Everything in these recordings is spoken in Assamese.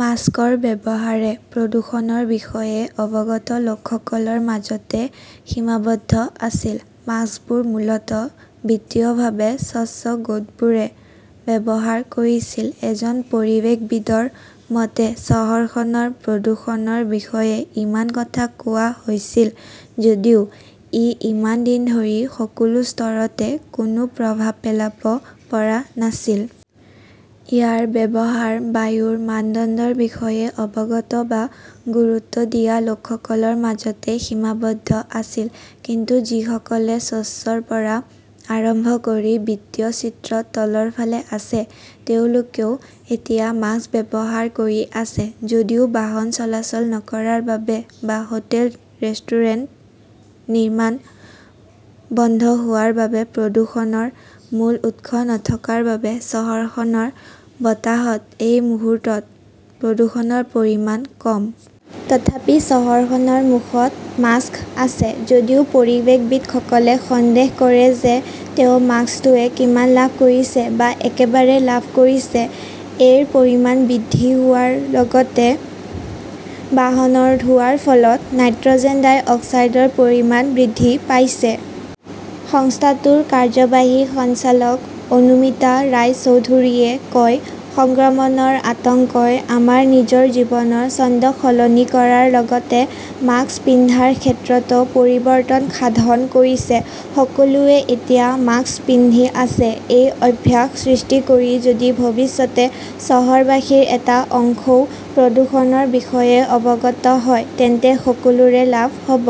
মাস্কৰ ব্যৱহাৰে প্ৰদূষণৰ বিষয়ে অৱগত লোকসকলৰ মাজতে সীমাবদ্ধ আছিল। মাস্কবোৰ মূলতঃ বিত্তীয়ভাৱে স্বচ্ছ গোটবোৰে ব্যৱহাৰ কৰিছিল। এজন পৰিৱেশবিদৰ মতে, চহৰখনৰ প্ৰদূষণৰ বিষয়ে ইমান কথা কোৱা হৈছিল যদিও ই ইমান দিন ধৰি সকলো স্তৰতে কোনো প্ৰভাৱ পেলাব পৰা নাছিল। ইয়াৰ ব্যৱহাৰ বায়ুৰ মানদণ্ডৰ বিষয়ে অৱগত বা গুৰুত্ব দিয়া লোকসকলৰ মাজতে সীমাবদ্ধ আছিল। কিন্তু যিসকলে স্বচ্ছৰ পৰা আৰম্ভ কৰি বিত্তীয় চিত্ৰত তলৰ ফালে আছে, তেওঁলোকেও এতিয়া মাস্ক ব্যৱহাৰ কৰি আছে। যদিও বাহন চলাচল নকৰাৰ বাবে বা হোটেল-ৰেষ্টুৰেণ্ট, নিৰ্মাণ বন্ধ হোৱাৰ বাবে প্ৰদূষণৰ মূল উৎস নথকাৰ বাবে চহৰখনৰ বতাহত এই মুহূৰ্তত প্ৰদূষণৰ পৰিমাণ কম। তথাপিও চহৰখনৰ মুখত মাস্ক আছে। যদিও পৰিৱেশবিদসকলে সন্দেহ কৰে যে তেওঁ মাস্কটোৱে কিমান লাভ কৰিছে বা একেবাৰে লাভ কৰিছে। -এৰ পৰিমাণ বৃদ্ধি হোৱাৰ লগতে বাহনৰ ধোঁৱাৰ ফলত নাইট্ৰজেন ডাই অক্সাইডৰ পৰিমাণ বৃদ্ধি পাইছে। সংস্থাটোৰ কাৰ্যবাহী সঞ্চালক অনুমিতা ৰায়চৌধৰীয়ে কয়, সংক্ৰমণৰ আতংকই আমাৰ নিজৰ জীৱনৰ ছন্দ সলনি কৰাৰ লগতে মাস্ক পিন্ধাৰ ক্ষেত্ৰতো পৰিৱৰ্তন সাধন কৰিছে। সকলোৱে এতিয়া মাস্ক পিন্ধি আছে। এই অভ্যাস সৃষ্টি কৰি যদি ভৱিষ্যতে চহৰবাসীৰ এটা অংশও প্ৰদূষণৰ বিষয়ে অৱগত হয়, তেন্তে সকলোৰে লাভ হ 'ব।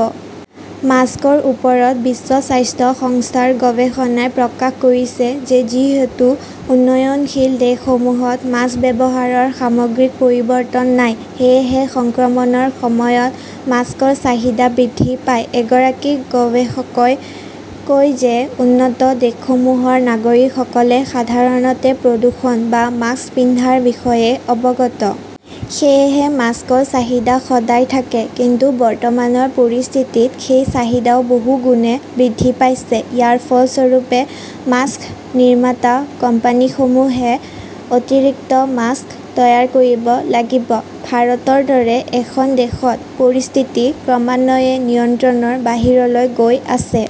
মাস্কৰ ওপৰত বিশ্ব স্বাস্থ্য সংস্থাৰ গৱেষণাই প্ৰকাশ কৰিছে যে যিহেতু উন্নয়নশীল দেশসমূহত মাস্ক ব্যৱহাৰৰ সামগ্ৰিক পৰিৱৰ্তন নাই, সেয়েহে সংক্ৰমণৰ সময়ত মাস্কৰ চাহিদা বৃদ্ধি পায়। এগৰাকী গৱেষকই কয় যে উন্নত দেশসমূহৰ নাগৰিকসকলে সাধাৰণতে প্ৰদূষণ বা মাস্ক পিন্ধাৰ বিষয়ে অৱগত। সেয়েহে মাস্কৰ চাহিদা সদায় থাকে। কিন্তু বৰ্তমানৰ পৰিস্থিতিত সেই চাহিদাও বহুগুণে বৃদ্ধি পাইছে। ইয়াৰ ফলস্বৰূপে মাস্ক নিৰ্মাতা কোম্পানীসমূহে অতিৰিক্ত মাস্ক তৈয়াৰ কৰিব লাগিব। ভাৰতৰ দৰে এখন দেশত পৰিস্থিতি ক্ৰমান্বয়ে নিয়ন্ত্ৰণৰ বাহিৰলৈ গৈ আছে।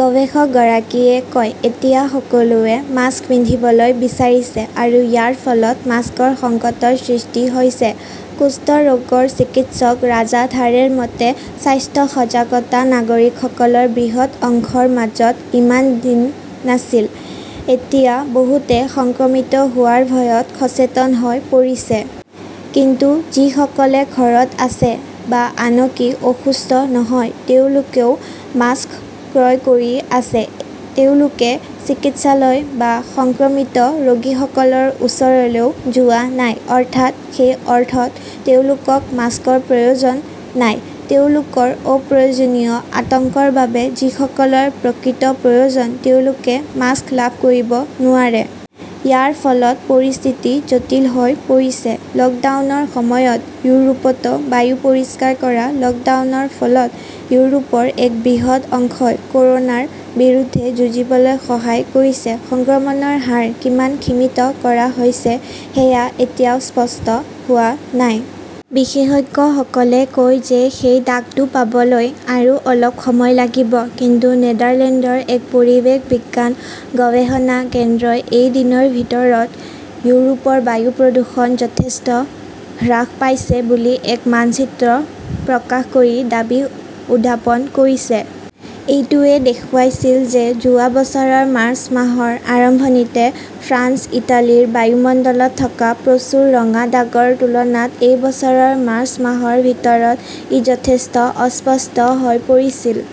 গৱেষকগৰাকীয়ে কয়, এতিয়া সকলোৱে মাস্ক পিন্ধিবলৈ বিচাৰিছে আৰু ইয়াৰ ফলত মাস্কৰ সংকটৰ সৃষ্টি হৈছে। কুষ্ঠ ৰোগৰ চিকিৎসক ৰাজা ধাৰেৰ মতে, স্বাস্থ্য সজাগতা নাগৰিকসকলৰ বৃহৎ অংশৰ মাজত ইমান দিন নাছিল। এতিয়া বহুতে সংক্ৰমিত হোৱাৰ ভয়ত সচেতন হৈ পৰিছে। কিন্তু যিসকলে ঘৰত আছে বা আনকি অসুস্থ নহয় তেওঁলোকেও মাস্ক ক্ৰয় কৰি আছে। তেওঁলোকে চিকিৎসালয় বা সংক্ৰমিত ৰোগীসকলৰ ওচৰলৈও যোৱা নাই। অৰ্থাৎ সেই অৰ্থত তেওঁলোকক মাস্কৰ প্ৰয়োজন নাই। তেওঁলোকৰ অপ্ৰয়োজনীয় আতংকৰ বাবে যিসকলৰ প্ৰকৃত প্ৰয়োজন তেওঁলোকে মাস্ক লাভ কৰিব নোৱাৰে। ইয়াৰ ফলত পৰিস্থিতি জটিল হৈ পৰিছে। লকডাউনৰ সময়ত ইউৰোপতো বায়ু পৰিষ্কাৰ কৰা লকডাউনৰ ফলত ইউৰোপৰ এক বৃহৎ অংশই কৰোনাৰ বিৰুদ্ধে যুঁজিবলৈ সহায় কৰিছে। সংক্ৰমণৰ হাৰ কিমান সীমিত কৰা হৈছে সেয়া এতিয়াও স্পষ্ট হোৱা নাই। বিশেষজ্ঞসকলে কয় যে সেই দাগটো পাবলৈ আৰু অলপ সময় লাগিব। কিন্তু নেদাৰলেণ্ডৰ এক পৰিৱেশ বিজ্ঞান গৱেষণা কেন্দ্ৰই এই দিনৰ ভিতৰত ইউৰোপৰ বায়ু প্ৰদূষণ যথেষ্ট হ্ৰাস পাইছে বুলি এক মানচিত্ৰ প্ৰকাশ কৰি দাবী উত্থাপন কৰিছে। এইটোৱে দেখুৱাইছিল যে যোৱা বছৰৰ মাৰ্চ মাহৰ আৰম্ভণিতে ফ্ৰান্স-ইটালীৰ বায়ুমণ্ডলত থকা প্ৰচুৰ ৰঙা দাগৰ তুলনাত এই বছৰৰ মাৰ্চ মাহৰ ভিতৰত ই যথেষ্ট অস্পষ্ট হৈ পৰিছিল।